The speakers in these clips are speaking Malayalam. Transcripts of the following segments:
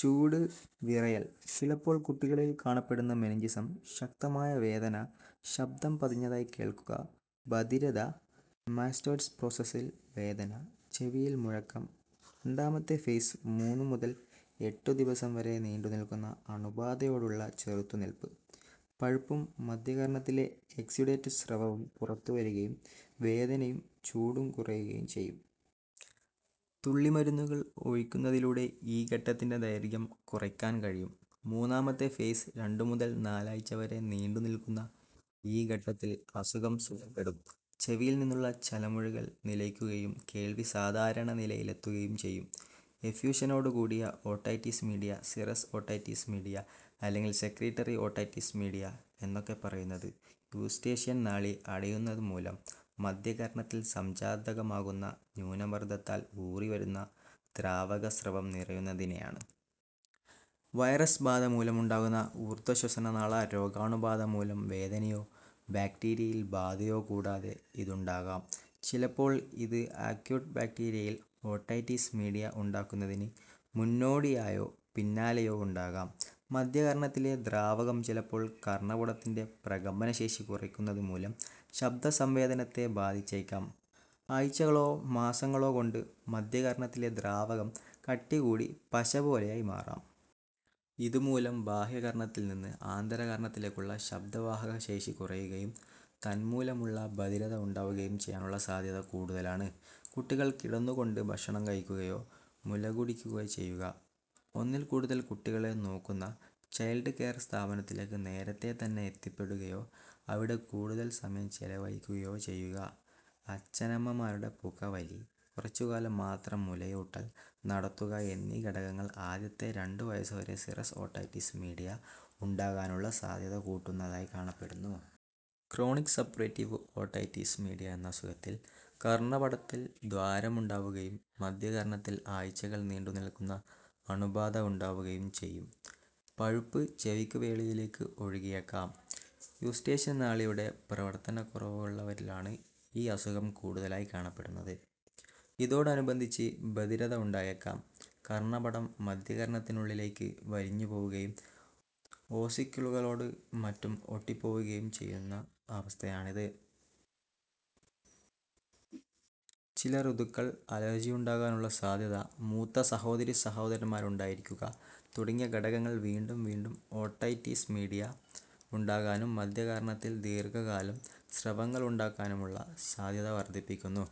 ചൂട്, വിറയൽ, ചിലപ്പോല് കുട്ടികളിൽ കാണപ്പെടുന്ന മെനിഞ്ചിസം, ശക്തമായ വേദന, ശബ്ബ്ദം പതിഞ്ഞതായി കേൾക്കുക, ബധിരത, മാസ്റ്റോയ്ഡ് പ്രോസസ്സിൽ വേദന, ചെവിയിൽ മുഴക്കം. രണ്ടാമത്തെ ഫേസ് -മൂന്നു മുതൽ എട്ടു ദിവസം വരെ നീണ്ടുനിൽക്കുന്ന അണുബാധയോടുള്ള ചെറുത്തു നിൽപ്പ്. പഴുപ്പും മദ്ധ്യകർണ്ണത്തിലെ എക്സ്യുഡേറ്റ് സ്രവവും പുറത്തുവരുകയും വേദനയും ചൂടും കുറയുകയും ചെയ്യും. തുള്ളിമരുന്നുകൾ ഒഴിക്കുന്നതിലൂടെ ഈ ഘട്ടത്തിന്റെ ദൈർഘ്യം കുറയ്ക്കാൻ കഴിയും. മൂന്നാമത്തെ ഫേസ് രണ്ടു മുതൽ നാലാഴ്ച്കവരെ നീണ്ടുനിൽക്കുന്ന ഈ ഘട്ടത്തിൽ അസുഖം സുഖപ്പെടും. ചെവിയിൽ നിന്നുള്ള ചലമൊഴുകൽ നിലയ്ക്കുകയും കേഴ്വി സാധാരണ നിലയിലെത്തുകയും ചെയ്യും. എഫ്യൂഷനോട് കൂടിയ otitis media, serous otitis media, അല്ലെങ്കിൽ സെക്രീറ്ററി ഓട്ടൈറ്റിസ് മീഡിയ, എന്നൊക്കെപ്പറയുന്നത് യൂസ്റ്റേഷ്യൻ നാളി അടയുന്നതു മൂലം മദ്ധ്യകർണ്ണത്തിൽ സംജാതമാകുന്ന ന്യൂനമർദ്ദത്താൽ ഊറിവരുന്ന ദ്രാവകസ്രവം നിറയുന്നതിനെയാണ്. വൈറസ് ബാധ മൂലമുണ്ടാകുന്ന ഊർദ്ധ്വ ശ്വാസനാള രോഗാണുബാധ മൂലം വേദനയോ ബാക്ടീരിയൽ ബാധയോ കൂടാതെ ഇതുണ്ടാകാം. ചിലപ്പോൾ ഇത് അക്യൂട്ട് ബാക്ടീരിയൽ ഓട്ടൈറ്റിസ് മീഡിയ ഉണ്ടാകുന്നതിന് മുന്നോടിയായോ പിന്നാലെയോ ഉണ്ടാകാം. മദ്ധ്യകർണ്ണത്തിലെ ദ്രാവകം ചിലപ്പോൾ കർണ്ണപുടത്തിന്റെ പ്രകമ്പനശേഷി കുറയ്ക്കുന്നതുമൂലം ശബ്ബ്ദ സംവേദനത്തെ ബാധിച്ചേയ്ക്കാം. ആഴ്ച്ചകളോ മാസങ്ങളോ കൊണ്ട് മദ്ധ്യ കർണ്ണത്തിലെ ദ്രാവകം കട്ടി കൂടി പശ പോലെയായി മാറാം. ഇതു മൂലം ബാഹ്യകർണ്ണത്തിൽ നിന്ന് ആന്തര കർണ്ണത്തിലേക്കുള്ള ശബ്ബ്ദ വാഹകശേഷി കുറയുകയും തന്മൂലമുള്ള ബധിരത ഉണ്ടാവുകയും ചെയ്യാനുള്ള സാദ്ധ്യത കൂടുതലാണ്. കുട്ടികൾ കിടന്നുകൊണ്ട് ഭക്ഷണം കഴിക്കുകയോ മുലകുടിക്കുകയോ ചെയ്യുക, ഒന്നിൽ കൂടുതൽ കുട്ടികളെ നോക്കുന്ന ചൈൽഡ് കെയർ സ്ഥാപനത്തിലേക്ക് നേരത്തെ തന്നെ എത്തിപ്പെടുകയോ അവിടെ കൂടുതൽ സമയം ചെലവഴിക്കുകയോ ചെയ്യുക, അച്ഛനമ്മമാരുടെ പുകവലി, കുറച്ചുകാലം മാത്രം മുലയൂട്ടൽ നടത്തുക എന്നീ ഘടകങ്ങൾ ആദ്യത്തെ രണ്ടു വയസ്സുവരെ സീറസ് ഓട്ടൈറ്റിസ് മീഡിയ ഉണ്ടാകാനുള്ള സാദ്ധ്യത കൂട്ടുന്നതായി കാണപ്പെടുന്നു. ക്രോണിക് സപ്പുറേറ്റീവ് ഓട്ടൈറ്റിസ് മീഡിയ എന്ന അസുഖത്തിൽ കർണ്ണപുടത്തിൽ ദ്വാരമുണ്ടാവുകയും മദ്ധ്യകർണ്ണത്തിൽ ആഴ്ച്ചകൾ നീണ്ടുനിൽക്കുന്ന അണുബാധ ഉണ്ടാവുകയും ചെയ്യും. പഴുപ്പ് ചെവിക്കു വെളിയിലേയ്ക്ക് ഒഴുകിയേക്കാം. യൂസ്റ്റേഷ്യൻ നാളിയുടെ പ്രവർത്തനക്കുറവുള്ളവരിലാണ് ഈ അസുഖം കൂടുതലായി കാണപ്പെടുന്നത്. ഇതോടനുബന്ധിച്ച് ബധിരത ഉണ്ടായേക്കാം. കർണ്ണപുടം മദ്ധ്യകർണ്ണത്തിനുള്ളിലേയ്ക്ക് വലിഞ്ഞുപോവുകയും ഓസിക്കിളുകളോടും മറ്റും ഒട്ടിപ്പോവുകയും ചെയ്യുന്ന അവസ്ഥയാണിത്. ചില ഋതുക്കൾ, അലർജിയുണ്ടാകാനുള്ള സാദ്ധ്യത, മൂത്ത സഹോദരീസഹോദരന്മാരുണ്ടായിരിക്കുക, തുടങ്ങിയ ഘടകങ്ങൾ വീണ്ടും വീണ്ടും ഓട്ടൈറ്റിസ് മീഡിയ ഉണ്ടാകാനും മദ്ധ്യകർണ്ണത്തിൽ ദീർഘകാലം സ്രവങ്ങളുണ്ടാക്കാനുമുള്ള സാദ്ധ്യത വർദ്ധിപ്പിക്കുന്നു.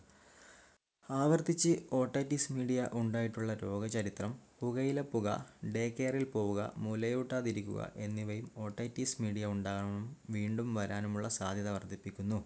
ആവർത്തിച്ച് ഓട്ടൈറ്റിസ് മീഡിയ ഉണ്ടായിട്ടുള്ള രോഗചരിത്രം, പുകയിലപ്പുക, ഡേ കെയറിൽ പോവുക, മുലയൂട്ടാതിരിക്കുക എന്നിവയും ഓട്ടൈറ്റിസ് മീഡിയ ഉണ്ടാകാനും വീണ്ടും വരാനുമുള്ള സാദ്ധ്യത വർദ്ധിപ്പിക്കുന്നു.